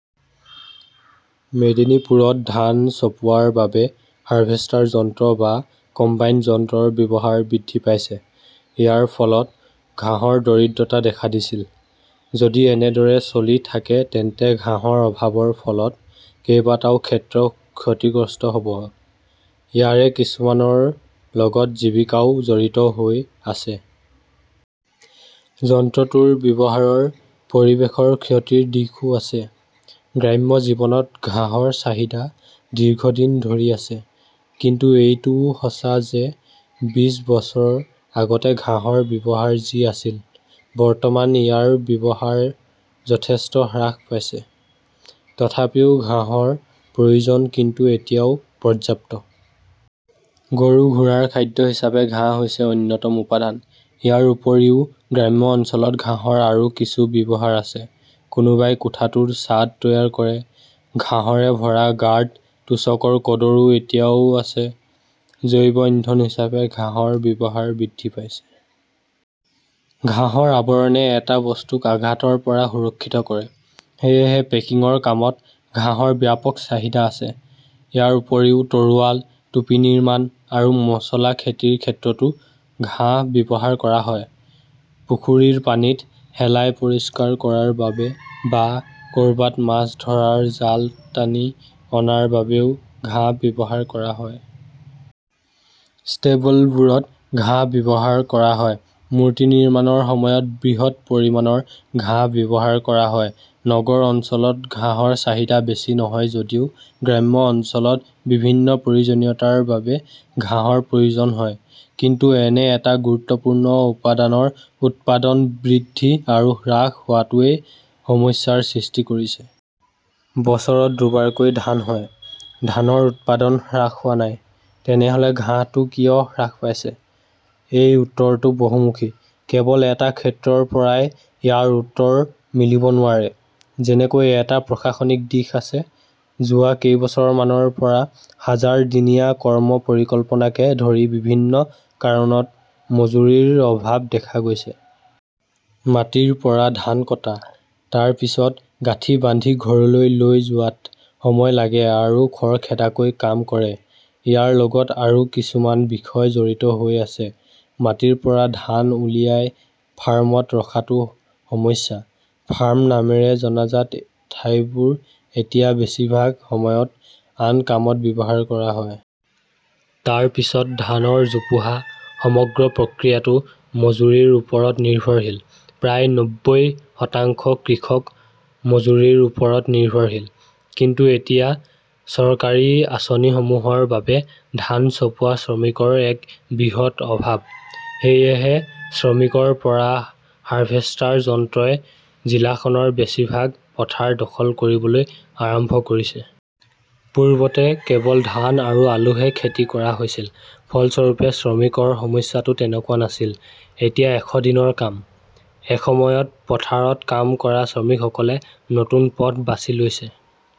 মেদিনীপুৰত ধান চপোৱাৰ বাবে হাৰভেষ্টাৰ যন্ত্ৰ বা কম্বাইন যন্ত্ৰৰ ব্যৱহাৰ বৃদ্ধি পাইছে। ইয়াৰ ফলত ঘাঁহৰ দৰিদ্ৰতা দেখা দিছিল। যদি এনেদৰে চলি থাকে তেন্তে ঘাঁহৰ অভাৱৰ ফলত কেইবাটাও ক্ষেত্ৰ ক্ষতিগ্ৰস্ত হ'ব। ইয়াৰে কিছুমানৰ লগত জীৱিকাও জড়িত হৈ আছে। যন্ত্ৰটোৰ ব্যৱহাৰৰ পৰিৱেশৰ ক্ষতিৰ দিশও আছে। গ্ৰাম্য জীৱনত ঘাঁহৰ চাহিদা দীৰ্ঘদিন ধৰি আছে। কিন্তু এইটোও সঁচা যে বিশ বছৰ আগতে ঘাঁহৰ ব্যৱহাৰ যি আছিল, বৰ্তমান ইয়াৰ ব্যৱহাৰ যথেষ্ট হ্ৰাস পাইছে। তথাপিও ঘাঁহৰ প্ৰয়োজন কিন্তু এতিয়াও পৰ্যাপ্ত। গৰু-ঘোঁৰাৰ খাদ্য হিচাপে ঘাঁহ হৈছে অন্যতম উপাদান। ইয়াৰ উপৰিও গ্ৰাম্য অঞ্চলত ঘাঁহৰ আৰু কিছু ব্যৱহাৰ আছে। কোনোবাই কোঠাটোৰ ছাদ তৈয়াৰ কৰে। ঘাঁহৰে ভৰা গাৰ্ড, তোশকৰ কডৰো এতিয়াও আছে। জৈৱ ইন্ধন হিচাপে ঘাঁহৰ ব্যৱহাৰ বৃদ্ধি পাইছে। ঘাঁহৰ আৱৰণে এটা বস্তুক আঘাতৰ পৰা সুৰক্ষিত কৰে। সেয়েহে পেকিংৰ কামত ঘাঁহৰ ব্যাপক চাহিদা আছে। ইয়াৰ উপৰিও, তৰোৱাল, টুপী নিৰ্মাণ আৰু মচলা খেতিৰ ক্ষেত্ৰতো ঘাহ ব্যৱহাৰ কৰা হয়। পুখুৰীৰ পানীত শেলাই পৰিষ্কাৰ কৰাৰ বাবে বা কৰবাত মাছ ধৰাৰ জাল টানি অনাৰ বাবেও ঘাঁহ ব্যৱহাৰ কৰা হয়। ষ্টেবলবোৰত ঘাঁহ ব্যৱহাৰ কৰা হয়। মূৰ্তি নিৰ্মাণৰ সময়ত বৃহৎ পৰিমাণৰ ঘাঁহ ব্যৱহাৰ কৰা হয়। নগৰ অঞ্চলত ঘাঁহৰ চাহিদা বেছি নহয় যদিও গ্ৰাম্য অঞ্চলত বিভিন্ন প্ৰয়োজনীয়তাৰ বাবে ঘাঁহৰ প্ৰয়োজন হয়। কিন্তু এনে এটা গুৰুত্বপূৰ্ণ উপাদানৰ উৎপাদন বৃদ্ধি আৰু হ্ৰাস হোৱাটোৱে সমস্যাৰ সৃষ্টি কৰিছে। বছৰত দুবাৰকৈ ধান হয়। ধানৰ উৎপাদন হ্ৰাস হোৱা নাই। তেনেহ'লে ঘাঁহটো কিয় হ্ৰাস পাইছে? এই উত্তৰটো বহুমুখী। কেৱল এটা ক্ষেত্ৰৰ পৰাই ইয়াৰ উত্তৰ মিলিব নোৱাৰে। যেনেকৈ এটা প্ৰশাসনিক দিশ আছে। যোৱা কেইবছৰমানৰ পৰা হাজাৰ দিনীয়া কৰ্ম পৰিকল্পনাকে ধৰি বিভিন্ন কাৰণত মজুৰিৰ অভাব দেখা গৈছে। মাটিৰ পৰা ধান কটা, তাৰ পিছত গাঁঠি বান্ধি ঘৰলৈ লৈ যোৱাত সময় লাগে আৰু খৰখেদাকৈ কাম কৰে। ইয়াৰ লগত আৰু কিছুমান বিষয় জড়িত হৈ আছে। মাটিৰ পৰা ধান উলিয়াই ফাৰ্মত ৰখাটো সমস্যা। ফাৰ্ম নামেৰে জনাজাত ঠাইবোৰ এতিয়া বেছিভাগ সময়ত আন কামত ব্যৱহাৰ কৰা হয়। তাৰ পিছত ধানৰ জোপোহা। সমগ্ৰ প্ৰক্ৰিয়াটো মজুৰিৰ ওপৰত নিৰ্ভৰশীল। প্ৰায় নব্বৈ শতাংশ কৃষক মজুৰিৰ ওপৰত নিৰ্ভৰশীল। কিন্তু এতিয়া চৰকাৰী আঁচনিসমূহৰ বাবে ধান চপোৱা শ্ৰমিকৰ এক বৃহৎ অভাৱ! সেয়েহে শ্ৰমিকৰ পৰা হাৰভেষ্টাৰ যন্ত্ৰই জিলাখনৰ বেছিভাগ পথাৰ দখল কৰিবলৈ আৰম্ভ কৰিছে। পূৰ্বতে কেৱল ধান আৰু আলুহে খেতি কৰা হৈছিল। ফলস্বৰূপে, শ্ৰমিকৰ সমস্যাটো তেনেকুৱা নাছিল। এতিয়া এশ দিনৰ কাম। এসময়ত পথাৰত কাম কৰা শ্ৰমিকসকলে নতুন পথ বাছি লৈছে।